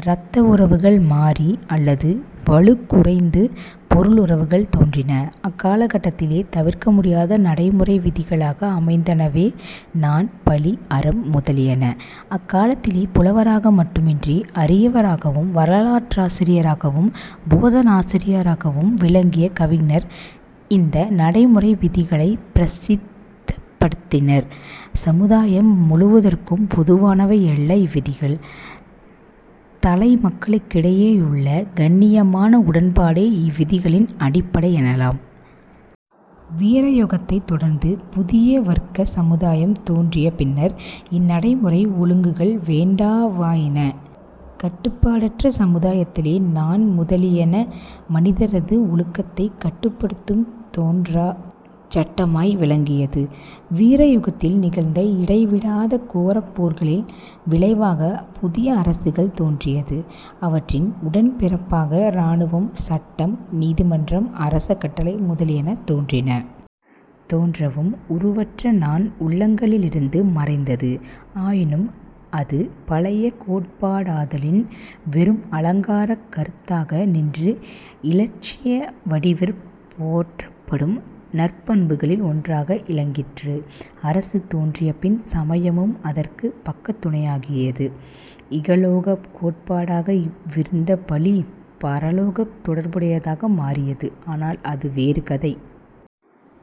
இரத்த உறவுகள் மாறி அல்லது வலுக்குறைந்து பொருளுறவுகள் தோன்றின. அக்காலக் கட்டத்திலே தவிர்க்கமுடியாத நடைமுறை விதிகளாக அமைந்தனவே நாண், பழி, அறம் முதலியன. அக்காலத்திலே புலவராக மட்டுமின்றி அறியவராகவும், வரலாற்றாசிரியராகவும், போதனாசிரியராகவும் விளங்கிய கவிஞர் இந்தநடைமுறை விதிகளைப் பிரசித்தப்படுத்தினர். சமுதாயம் முழுவதற்கும் பொதுவானவையல்ல இவ்விதிகள். தலைமக்களுக்கிடையேயுள்ள "கண்ணியமான" உடன்பாடே இவ்விதிகளின் அடிப்படையெனலாம். வீரயுகத்தைத் தொடர்ந்து புதிய-வர்க்க சமுதாயம் தோன்றிய பின்னர், இந்நடைமுறை ஒழுங்குகள் வேண்டாவாயின. கட்டுப்பாடற்ற சமுதாயத்திலே நாண் முதலியன மனிதரது ஒழுக்கத்தைக் கட்டுப்படுத்தும் தோன்றாச் சட்டமாய் விளங்கியது. வீரயுகத்தில் நிகழ்ந்த இடைவிடாத கோரப் போர்களின் விளைவாகப் புதிய அரசுகள் தோன்றியது அவற்றின் உடன் பிறப்பாக இராணுவம், சட்டம், நீதிமன்றம், அரச கட்டளை முதலியன தோன்றின. தோன்றவும் உருவற்ற நாண் உள்ளங்களிலிருந்து மறைந்தது. ஆயினும் அது பழைய கோட்பாடாதலின் வெறும் அலங்காரக் கருத்தாக நின்று இலட்சிய வடிவிற் போற்றப்படும் நற்பண்புகளில் ஒன்றாக இலங்கிற்று. அரசு தோன்றிய பின் சமயமும் அதற்குப் பக்கத்துணையாகியது. இகலோகக் கோட்பாடாக விருந்த பழி பரலோகத் தொடர்புடையதாக மாறியது. ஆனால் அது வேறு கதை..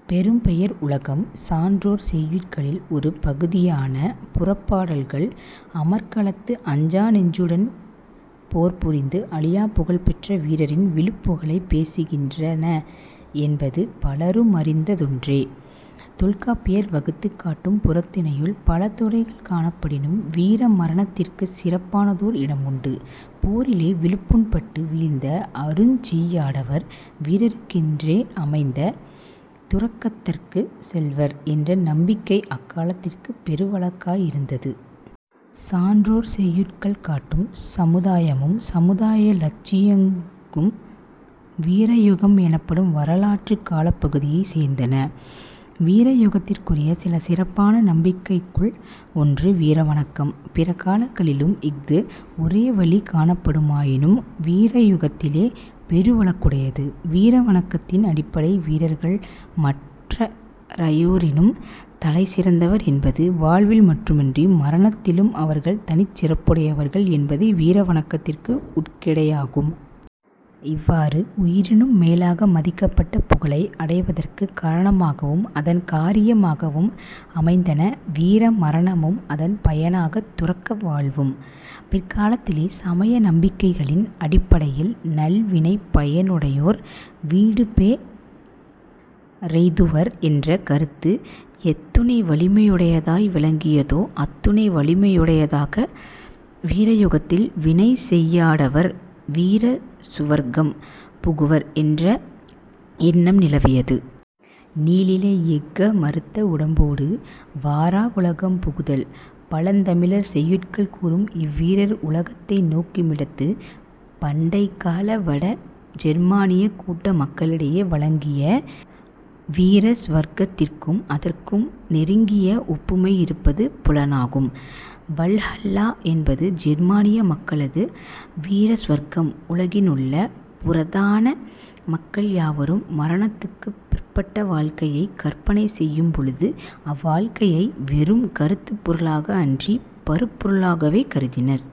பெரும் பெயர் உலகம் சான்றோர் செய்யுட்களில் ஒரு பகுதியான புறப்பாடல்கள் அமர்க்களத்து அஞ்சா நெஞ்சுடன் போர்புரிந்து அழியாப் புகழ்பெற்ற வீரரின் விழுப்புகழைப் பேசுகின்றன என்பது பலருமறிந்ததொன்றே. தொல்காப்பியர் வகுத்துக் காட்டும் புறத்திணையுள் பல துறைகள் காணப்படினும் வீர மரணத்திற்குச் சிறப்பானதோர் இடமுண்டு. போரிலே விழுப்புண்பட்டு வீழ்ந்த 'அருஞ் செய்யாடவர்' வீரருக்கென்றே அமைந்த துறக்கத்தற்குச் செல்வர் என்ற நம்பிக்கை அக்காலத்திற் பெருவழக்காயிருந்தது. சான்றோர் செய்யுட்கள் காட்டும் சமுதாயமும் சமுதாய இலட்சியங்கும் வீரயுகம் எனப்படும் வரலாற்றுக் காலப்பகுதியைச் சேர்ந்தன. வீரயுகத்துக்குரிய சில சிறப்பான நம்பிக்கைகளுள் ஒன்று வீர வணக்கம். பிற காலங்களிலும் இஃது ஒரேவழி காணப்படுமாயினும் வீரயுகத்திலே பெருவழக்குடையது. வீர வணக்கத்தின் அடிப்படை, வீரர்கள் மற்றையோரினும் தலைசிறந்தவர் என்பது, வாழ்வில் மட்டுமன்றி மரணத்திலும், அவர்கள் தனிச்சிறப்புடையவர்கள் என்பதே வீர வணக்கத்தின் உட்கிடையாகும். இவ்வாறு உயிரினும் மேலாக மதிக்கப்பட்ட புகழை அடைவதற்குக் காரணமாகவும் அதன் காரியமாகவும் அமைந்தன வீரமரணமும் அதன் பயனாக துறக்க வாழ்வும். பிற்காலத்திலே சமய நம்பிக்கைகளின் அடிப்படையில் நல்வினைப் பயனுடையோர் வீடுபேறெய்துவர் என்ற கருத்து எத்துணை வலிமையுடையதாய் விளங்கியதோ, அத்துணை வலிமையுடையதாக வீரயுகத்தில் வினை செய்யாடவர் 'வீரசுவர்க்கம்' புகுவர் என்ற எண்ணம் நிலவியது. "நீளிலை யெஃக மறுத்த உடம்போடு வாராவுலகம் புகுதல்" பழந் தமிழ்ச் செய்யுட்கள் கூறும் இவ்வீரர் உலகத்தை நோக்குமிடத்து, பண்டைக்கால வட ஜெர்மானியக் கூட்ட மக்களிடையே வழங்கிய வீரசுவர்க்கத்திற்கும் அதற்கும் நெருங்கிய ஒப்புமை இருப்பது புலனாகும். வல்ஹல்லா என்பது ஜெர்மானிய மக்களது வீரசுவர்க்கம், உலகிலுள்ள புராதன மக்கள் யாவரும் மரணத்துக்குப் பிற்பட்ட வாழ்க்கையைக் கற்பனை செய்யும்பொழுது, அவ்வாழ்க்கையை வெறும் கருத்துப் பொருளாக அன்றிப் பருப்பொருளாகவே கருதினர்.